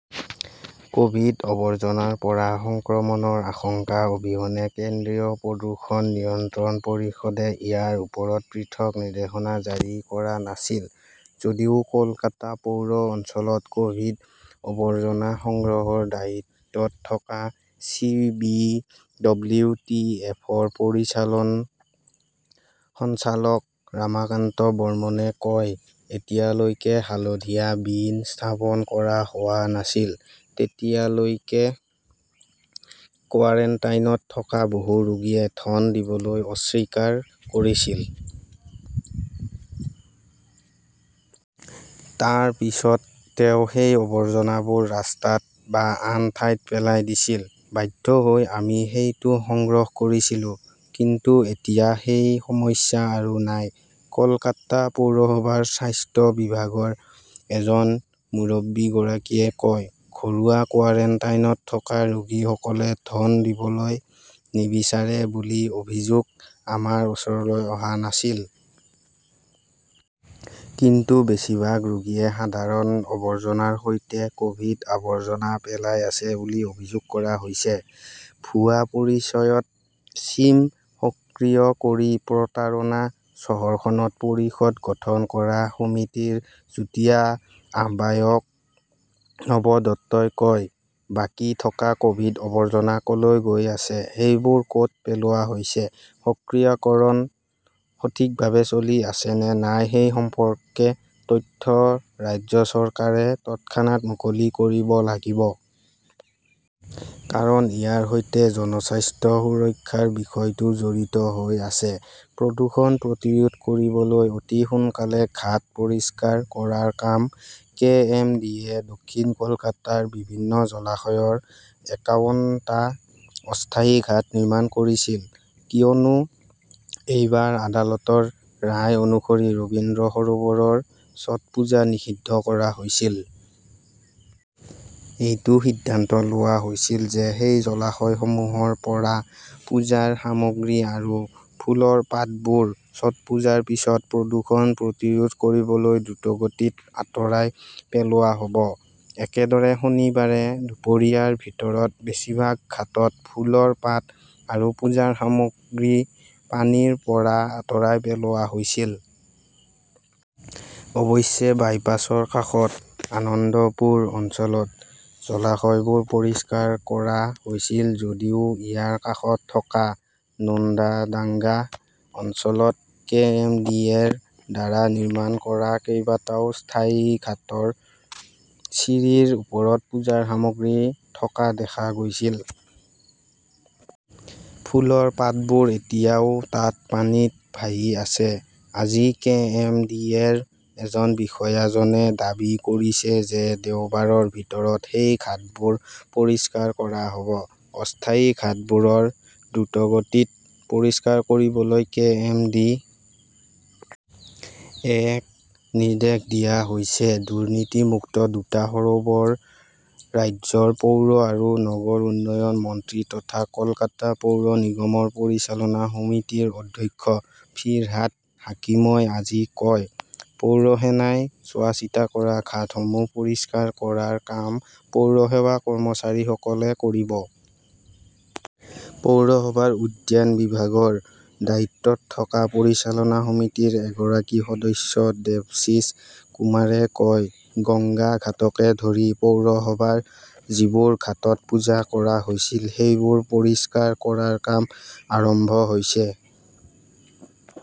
কভিড-আৱৰ্জনাৰ পৰা সংক্ৰমণৰ আশংকা অবিহনে কেন্দ্ৰীয় প্ৰদূষণ নিয়ন্ত্ৰণ পৰিষদে ইয়াৰ ওপৰত পৃথক নিৰ্দেশনা জাৰি কৰা নাছিল। যদিও কলকাতা পৌৰ অঞ্চলত কভিড-আৱৰ্জনা সংগ্ৰহৰ দায়িত্বত থকা C. B. W. T. F. -ৰ পৰিচালন সঞ্চালক ৰামকান্ত বৰ্মনে কয়, যেতিয়ালৈকে হালধীয়া বীন স্থাপন কৰা হোৱা নাছিল তেতিয়ালৈকে কোৱাৰাণ্টাইনত থকা বহু ৰোগীয়ে ধন দিবলৈ অস্বীকাৰ কৰিছিল। তাৰ পিছত তেওঁ সেই আৱৰ্জনাবোৰ ৰাস্তাত বা আন ঠাইত পেলাই দিছিল। বাধ্য হৈ আমি সেইটো সংগ্ৰহ কৰিছিলো। কিন্তু এতিয়া সেই সমস্যা আৰু নাই। কলকাতা পৌৰসভাৰ স্বাস্থ্য বিভাগৰ এজন মুৰব্বীগৰাকীয়ে কয়, ঘৰুৱা কোৱাৰাণ্টাইনত থকা ৰোগীসকলে ধন দিবলৈ নিবিচাৰে বুলি অভিযোগ আমাৰ ওচৰলৈ অহা নাছিল। কিন্তু বেছিভাগ ৰোগীয়ে সাধাৰণ আৱৰ্জনাৰ সৈতে কভিড-আৱৰ্জনা পেলাই আছে বুলি অভিযোগ কৰা হৈছে। ভুৱা পৰিচয়ত ছিম সক্ৰিয় কৰি প্ৰতাৰণা চহৰখনত পৰিষদ গঠন কৰা সমিতিৰ যুটীয়া আহ্বায়ক নব দত্তই কয়, বাকী থকা কভিড-আৱৰ্জনা কলৈ গৈ আছে, সেইবোৰ কত পেলোৱা হৈছে, প্ৰক্ৰিয়াকৰণ সঠিকভাৱে চলি আছে নে নাই সেই সম্পৰ্কে তথ্য ৰাজ্য চৰকাৰে তৎক্ষণাত মুকলি কৰিব লাগিব। কাৰণ ইয়াৰ সৈতে জনস্বাস্থ্য সুৰক্ষাৰ বিষয়টো জড়িত হৈ আছে। প্ৰদূষণ প্ৰতিৰোধ কৰিবলৈ অতি সোনকালে ঘাট পৰিষ্কাৰ কৰাৰ কাম কে. এম. ডি. এ. দক্ষিণ কলকাতাৰ বিভিন্ন জলাশয়ত একাৱন টা অস্থায়ী ঘাট নিৰ্মাণ কৰিছিল কিয়নো এইবাৰ আদালতৰ ৰায় অনুসৰি ৰবীন্দ্ৰ সৰোবৰৰ ছটপুজা নিষিদ্ধ কৰা হৈছিল। এইটো সিদ্ধান্ত লোৱা হৈছিল যে সেই জলাশয়সমূহৰ পৰা পূজাৰ সামগ্ৰী আৰু ফুলৰ পাতবোৰ ছটপুজাৰ পিছত প্ৰদূষণ প্ৰতিৰোধ কৰিবলৈ দ্ৰুতগতিত আঁতৰাই পেলোৱা হ'ব। একেদৰে, শনিবাৰে দুপৰীয়াৰ ভিতৰত বেছিভাগ ঘাটত ফুলৰ পাত আৰু পূজাৰ সামগ্ৰী পানীৰ পৰা আঁতৰাই পেলোৱা হৈছিল। অৱশ্যে, বাইপাছৰ কাষৰ আনন্দপুৰ অঞ্চলত জলাশয়বোৰ পৰিষ্কাৰ কৰা হৈছিল যদিও ইয়াৰ কাষত থকা নোনাডাঙ্গা অঞ্চলত কে. এম. ডি. এ. -ৰ দ্বাৰা নিৰ্মাণ কৰা কেইবাটাও স্থায়ী ঘাটৰ চিৰিৰ ওপৰত পূজাৰ সামগ্ৰী থকা দেখা গৈছিল। ফুলৰ পাতবোৰ এতিয়াও তাত পানীত ভাহি আছে। আজি, কে. এম. ডি. এ. -ৰ এজন বিষয়াজনে দাবী কৰিছে যে দেওবাৰৰ ভিতৰত সেই ঘাটবোৰ পৰিষ্কাৰ কৰা হ 'ব। অস্থায়ী ঘাটবোৰ দ্ৰুতগতিত পৰিষ্কাৰ কৰিবলৈ কে. এম. ডি. এ. ক নিৰ্দেশ দিয়া হৈছে, দুৰ্নীতি-মুক্ত দুটা সৰোবৰ ৰাজ্যৰ পৌৰ আৰু নগৰ উন্নয়ন মন্ত্ৰী তথা কলকাতা পৌৰ নিগমৰ পৰিচালনা সমিতিৰ অধ্যক্ষ ফিৰহাদ হাকিমই আজি কয়। পৌৰসেনাই চোৱাচিতা কৰা ঘাটসমূহ পৰিষ্কাৰ কৰাৰ কাম পৌৰসেৱা কৰ্মচাৰীসকলে কৰিব। পৌৰসভাৰ উদ্যান বিভাগৰ দায়িত্বত থকা পৰিচালনা সমিতিৰ এগৰাকী সদস্য দেৱশীশ কুমাৰে কয়, গংগা ঘাটকে ধৰি পৌৰসভাৰ যিবোৰ ঘাটত পূজা কৰা হৈছিল সেইবোৰ পৰিষ্কাৰ কৰাৰ কাম আৰম্ভ হৈছে।